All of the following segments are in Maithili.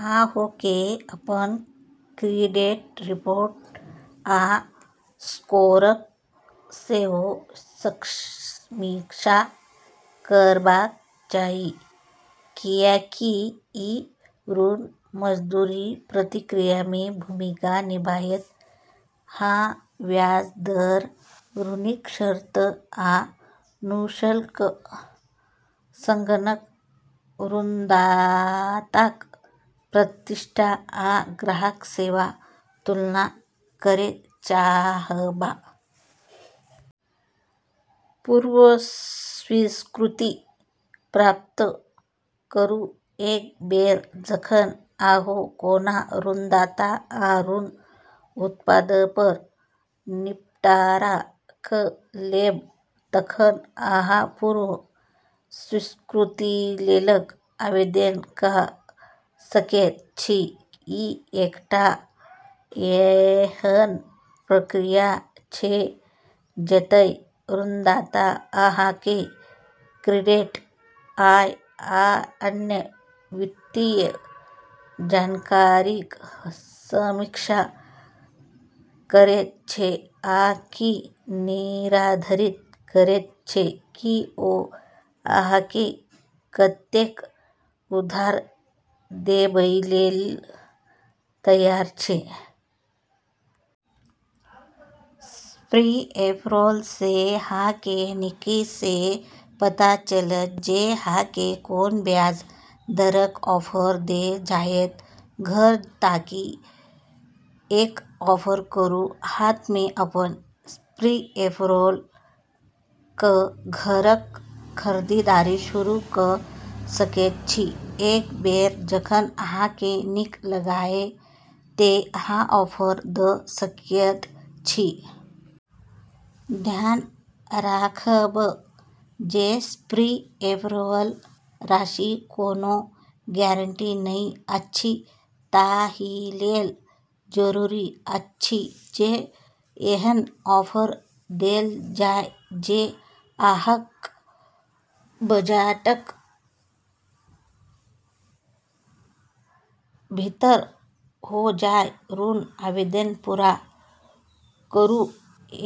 अहाँकेँ अपन क्रेडिट रिपोर्ट आ स्कोरक सेहो समीक्षा करबाक चाही, कियाकि ई ऋण मंजूरी प्रक्रियामे भूमिका निभायत। अहाँ ब्याज दर, ऋणक शर्त, आ शुल्कक संग-संग ऋणदाताक प्रतिष्ठा आ ग्राहक सेवाक तुलना करै चाहब। पूर्व स्वीकृति प्राप्त करू: एक बेर जखन अहाँ कोनो ऋणदाता आ ऋण उत्पादपर निपटारा कऽ लेब तखन अहाँ पूर्व स्वीकृतिलेल आवेदन कऽ सकैत छी। ई एकटा एहन प्रक्रिया छै जतय ऋणदाता अहाँक क्रेडिट, आय आ अन्य वित्तीय जानकारीक समीक्षा करैत छै आ ई निर्धारित करैत छै कि ओ अहाँकेँ कतेक उधार देबैलेल तैयार छै। प्री-एप्रूवलसँ सेहो अहाँकेँ नीकसँ पता चलत जे अहाँकेँ कोन ब्याज दरक ऑफर देल जायत। घर ताकी कऽ ऑफर करू: हाथमे अपन प्री-एप्रूवल लऽ कऽ घरक खरीदारी शुरू कऽ सकैत छी। एक बेर जखन अहाँकेँ नीक लागय तँ अहाँ ऑफर दऽ सकैत छी। ध्यान राखब जे प्री-एप्रूवल राशि कोनो गारंटी नहि अछि, ताहिलेल जरूरी अछि जे एहन ऑफर देल जाय जे अहाँक बजटक भीतर होआय। ऋण आवेदन पूरा करू: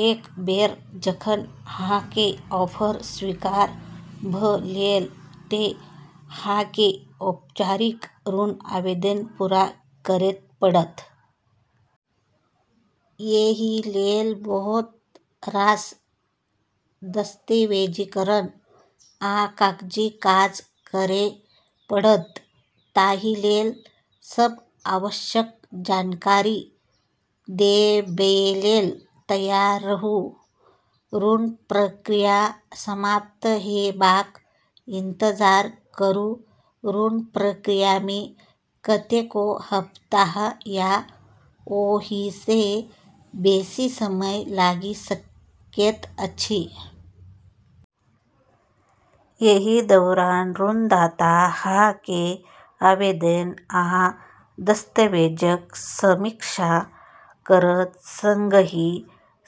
एक बेर जखन अहाँक ऑफर स्वीकार भऽ गेल तँ अहाँकेँ औपचारिक ऋण आवेदन पूरा करै पड़त। एहिलेल बहुत रास दस्तावेजीकरण आ कागजी काज करै पड़त, ताहिलेल सभ आवश्यक जानकारी देबैलेल तैयार रहू। ऋण प्रक्रिया समाप्त हेबाक इंतजार करू: ऋण प्रक्रियामे कतेको सप्ताह या ओहिसँ बेसी समय लागि सकैत अछि। एहि दौरान ऋणदाता अहाँक आवेदन आ दस्तावेजक समीक्षा करत, संगहि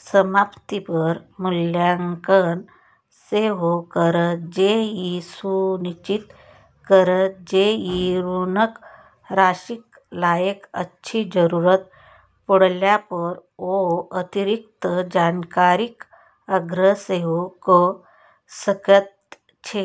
संपत्तिपर मूल्यांकन सेहो करत जे ई सुनिश्चित करत जे ई ऋणक राशिक लायक अछि। जरूरत पड़लापर ओ अतिरिक्त जानकारीक आग्रह सेहो कऽ सकैत छै।